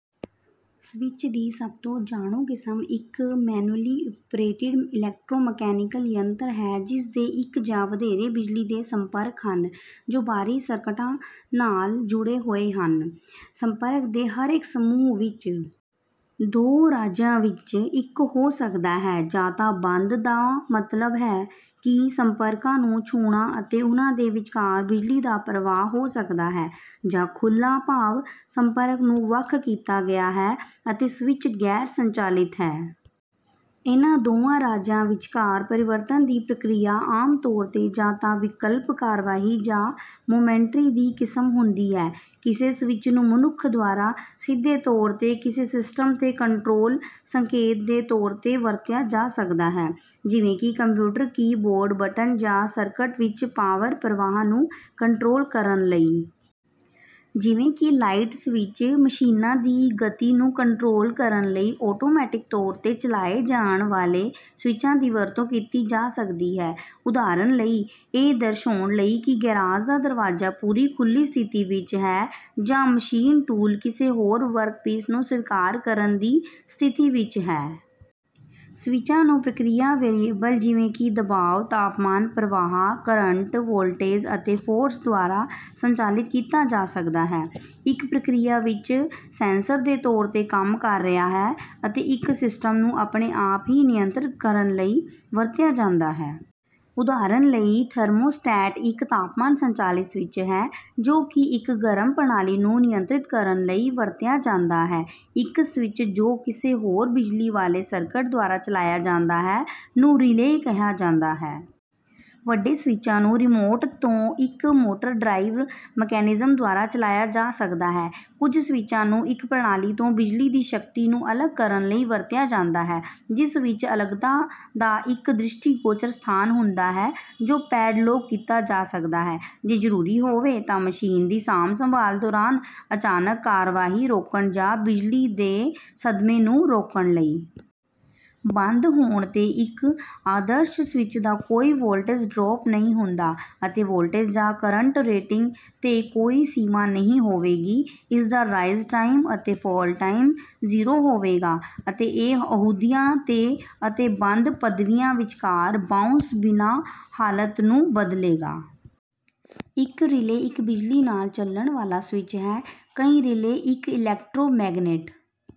Switch ਦੀ ਸਭ ਤੋਂ ਜਾਣੂ ਕਿਸਮ ਇੱਕ ਮੈਨੂਅਲੀ ਓਪਰੇਟਿਡ ਇਲੈਕਟ੍ਰੋਮੈਕੈਨਿਕਲ ਯੰਤਰ ਹੈ ਜਿਸ ਦੇ ਇੱਕ ਜਾਂ ਵਧੇਰੇ ਬਿਜਲੀ ਦੇ ਸੰਪਰਕ ਹਨ, ਜੋ ਬਾਹਰੀ ਸਰਕਟਾਂ ਨਾਲ ਜੁੜੇ ਹੋਏ ਹਨ। ਸੰਪਰਕ ਦੇ ਹਰੇਕ ਸਮੂਹ ਵਿੱਚ ਦੋ ਰਾਜਾਂ ਵਿੱਚੋਂ ਇੱਕ ਹੋ ਸਕਦਾ ਹੈ: ਜਾਂ ਤਾਂ "ਬੰਦ" ਦਾ ਮਤਲਬ ਹੈ ਕਿ ਸੰਪਰਕਾਂ ਨੂੰ ਛੂਹਣਾ ਅਤੇ ਉਨ੍ਹਾਂ ਦੇ ਵਿਚਕਾਰ ਬਿਜਲੀ ਦਾ ਪ੍ਰਵਾਹ ਹੋ ਸਕਦਾ ਹੈ, ਜਾਂ "ਖੁੱਲ੍ਹਾ", ਭਾਵ ਸੰਪਰਕ ਨੂੰ ਵੱਖ ਕੀਤਾ ਗਿਆ ਹੈ ਅਤੇ ਸਵਿੱਚ ਗੈਰ ਸੰਚਾਲਿਤ ਹੈ। ਇਹਨਾਂ ਦੋਵਾਂ ਰਾਜਾਂ ਵਿਚਕਾਰ ਪਰਿਵਰਤਨ ਦੀ ਪ੍ਰਕਿਰਿਆ ਆਮ ਤੌਰ ਤੇ ਜਾਂ ਤਾਂ "ਵਿਕਲਪਕ ਕਾਰਵਾਈ" ਜਾਂ "ਮੋਮੈਂਟਰੀ" ਦੀ ਕਿਸਮ ਹੁੰਦੀ ਹੈ। ਕਿਸੇ ਸਵਿੱਚ ਨੂੰ ਮਨੁੱਖ ਦੁਆਰਾ ਸਿੱਧੇ ਤੌਰ ਤੇ ਕਿਸੇ ਸਿਸਟਮ ਤੇ ਕੰਟਰੋਲ ਸੰਕੇਤ ਦੇ ਤੌਰ ਤੇ ਵਰਤਿਆ ਜਾ ਸਕਦਾ ਹੈ, ਜਿਵੇਂ ਕਿ ਕੰਪਿਊਟਰ ਕੀਬੋਰਡ ਬਟਨ, ਜਾਂ ਸਰਕਟ ਵਿੱਚ ਪਾਵਰ ਪ੍ਰਵਾਹ ਨੂੰ ਕੰਟਰੋਲ ਕਰਨ ਲਈ। ਜਿਵੇਂ ਕਿ ਲਾਈਟ ਸਵਿਚ, ਮਸ਼ੀਨਾਂ ਦੀ ਗਤੀ ਨੂੰ ਕੰਟਰੋਲ ਕਰਨ ਲਈ ਓਟੋਮੈਟਿਕ ਤੌਰ ਤੇ ਚਲਾਏ ਜਾਣ ਵਾਲੇ ਸਵਿਚਾਂ ਦੀ ਵਰਤੋਂ ਕੀਤੀ ਜਾ ਸਕਦੀ ਹੈ, ਉਦਾਹਰਨ ਲਈ, ਇਹ ਦਰਸਾਉਣ ਲਈ ਕਿ ਗੈਰਾਜ ਦਾ ਦਰਵਾਜ਼ਾ ਪੂਰੀ ਖੁੱਲ੍ਹੀ ਸਥਿਤੀ ਵਿੱਚ ਹੈ ਜਾਂ ਮਸ਼ੀਨ ਟੂਲ ਕਿਸੇ ਹੋਰ ਵਰਕਪੀਸ ਨੂੰ ਸਵੀਕਾਰ ਕਰਨ ਦੀ ਸਥਿਤੀ ਵਿੱਚ ਹੈ। ਸਵਿੱਚਾਂ ਨੂੰ ਪ੍ਰਕਿਰਿਆ ਵੇਰੀਏਬਲ ਜਿਵੇਂ ਕਿ ਦਬਾਅ, ਤਾਪਮਾਨ, ਪ੍ਰਵਾਹ, ਕਰੰਟ, ਵੋਲਟੇਜ, ਅਤੇ ਫੋਰਸ ਦੁਆਰਾ ਸੰਚਾਲਿਤ ਕੀਤਾ ਜਾ ਸਕਦਾ ਹੈ, ਇੱਕ ਪ੍ਰਕਿਰਿਆ ਵਿੱਚ ਸੈਂਸਰ ਦੇ ਤੌਰ ਤੇ ਕੰਮ ਕਰ ਰਿਹਾ ਹੈ ਅਤੇ ਇੱਕ ਸਿਸਟਮ ਨੂੰ ਆਪਣੇ ਆਪ ਹੀ ਨਿਯੰਤਰਿਤ ਕਰਨ ਲਈ ਵਰਤਿਆ ਜਾਂਦਾ ਹੈ। ਉਦਾਹਰਨ ਲਈ, ਥਰਮੋਸਟੈਟ ਇੱਕ ਤਾਪਮਾਨ ਸੰਚਾਲਿਤ ਸਵਿੱਚ ਹੈ ਜੋ ਕਿ ਇੱਕ ਗਰਮ ਪ੍ਰਣਾਲੀ ਨੂੰ ਨਿਯੰਤਰਿਤ ਕਰਨ ਲਈ ਵਰਤਿਆ ਜਾਂਦਾ ਹੈ। ਇੱਕ ਸਵਿੱਚ ਜੋ ਕਿਸੇ ਹੋਰ ਬਿਜਲੀ ਵਾਲੇ ਸਰਕਟ ਦੁਆਰਾ ਚਲਾਇਆ ਜਾਂਦਾ ਹੈ ਨੂੰ ਰਿਲੇਅ ਕਿਹਾ ਜਾਂਦਾ ਹੈ। ਵੱਡੇ ਸਵਿੱਚਾਂ ਨੂੰ ਰਿਮੋਟ ਤੋਂ ਇੱਕ ਮੋਟਰ ਡਰਾਈਵ ਮਕੈਨਿਜ਼ਮ ਦੁਆਰਾ ਚਲਾਇਆ ਜਾ ਸਕਦਾ ਹੈ। ਕੁਝ ਸਵਿੱਚਾਂ ਨੂੰ ਇੱਕ ਪ੍ਰਣਾਲੀ ਤੋਂ ਬਿਜਲੀ ਦੀ ਸ਼ਕਤੀ ਨੂੰ ਅਲੱਗ ਕਰਨ ਲਈ ਵਰਤਿਆ ਜਾਂਦਾ ਹੈ, ਜਿਸ ਵਿੱਚ ਅਲੱਗਤਾ ਦਾ ਇੱਕ ਦ੍ਰਿਸ਼ਟੀਗੋਚਰ ਸਥਾਨ ਹੁੰਦਾ ਹੈ ਜੋ ਪੈਡਲਾਕ ਕੀਤਾ ਜਾ ਸਕਦਾ ਹੈ ਜੇ ਜ਼ਰੂਰੀ ਹੋਵੇ ਤਾਂ ਮਸ਼ੀਨ ਦੀ ਸਾਂਭ ਸੰਭਾਲ ਦੌਰਾਨ ਅਚਾਨਕ ਕਾਰਵਾਈ ਰੋਕਣ, ਜਾਂ ਬਿਜਲੀ ਦੇ ਸਦਮੇ ਨੂੰ ਰੋਕਣ ਲਈ। ਬੰਦ ਹੋਣ ਤੇ ਇੱਕ ਆਦਰਸ਼ ਸਵਿੱਚ ਦਾ ਕੋਈ ਵੋਲਟੇਜ ਡਰਾਪ ਨਹੀਂ ਹੁੰਦਾ, ਅਤੇ ਵੋਲਟੇਜ ਜਾਂ ਕਰੰਟ ਰੇਟਿੰਗ ਤੇ ਕੋਈ ਸੀਮਾ ਨਹੀਂ ਹੋਵੇਗੀ। ਇਸ ਦਾ ਰਾਈਜ਼ ਟਾਈਮ ਅਤੇ ਫਾਲ ਟਾਈਮ ਜ਼ੀਰੋ ਹੋਵੇਗਾ, ਅਤੇ ਇਹ ਅਹੁਦਿਆਂ ਤੇ ਅਤੇ ਬੰਦ ਪਦਵੀਆਂ ਵਿਚਕਾਰ "ਬਾਊਂਸ" ਬਿਨਾਂ ਹਾਲਤ ਨੂੰ ਬਦਲੇਗਾ। ਇੱਕ ਰਿਲੇਅ ਇੱਕ ਬਿਜਲੀ ਨਾਲ ਚੱਲਣ ਵਾਲਾ ਸਵਿੱਚ ਹੈ। ਕਈ ਰਿਲੇਅ ਇੱਕ ਇਲੈਕਟ੍ਰੋਮੈਗਨੈਟ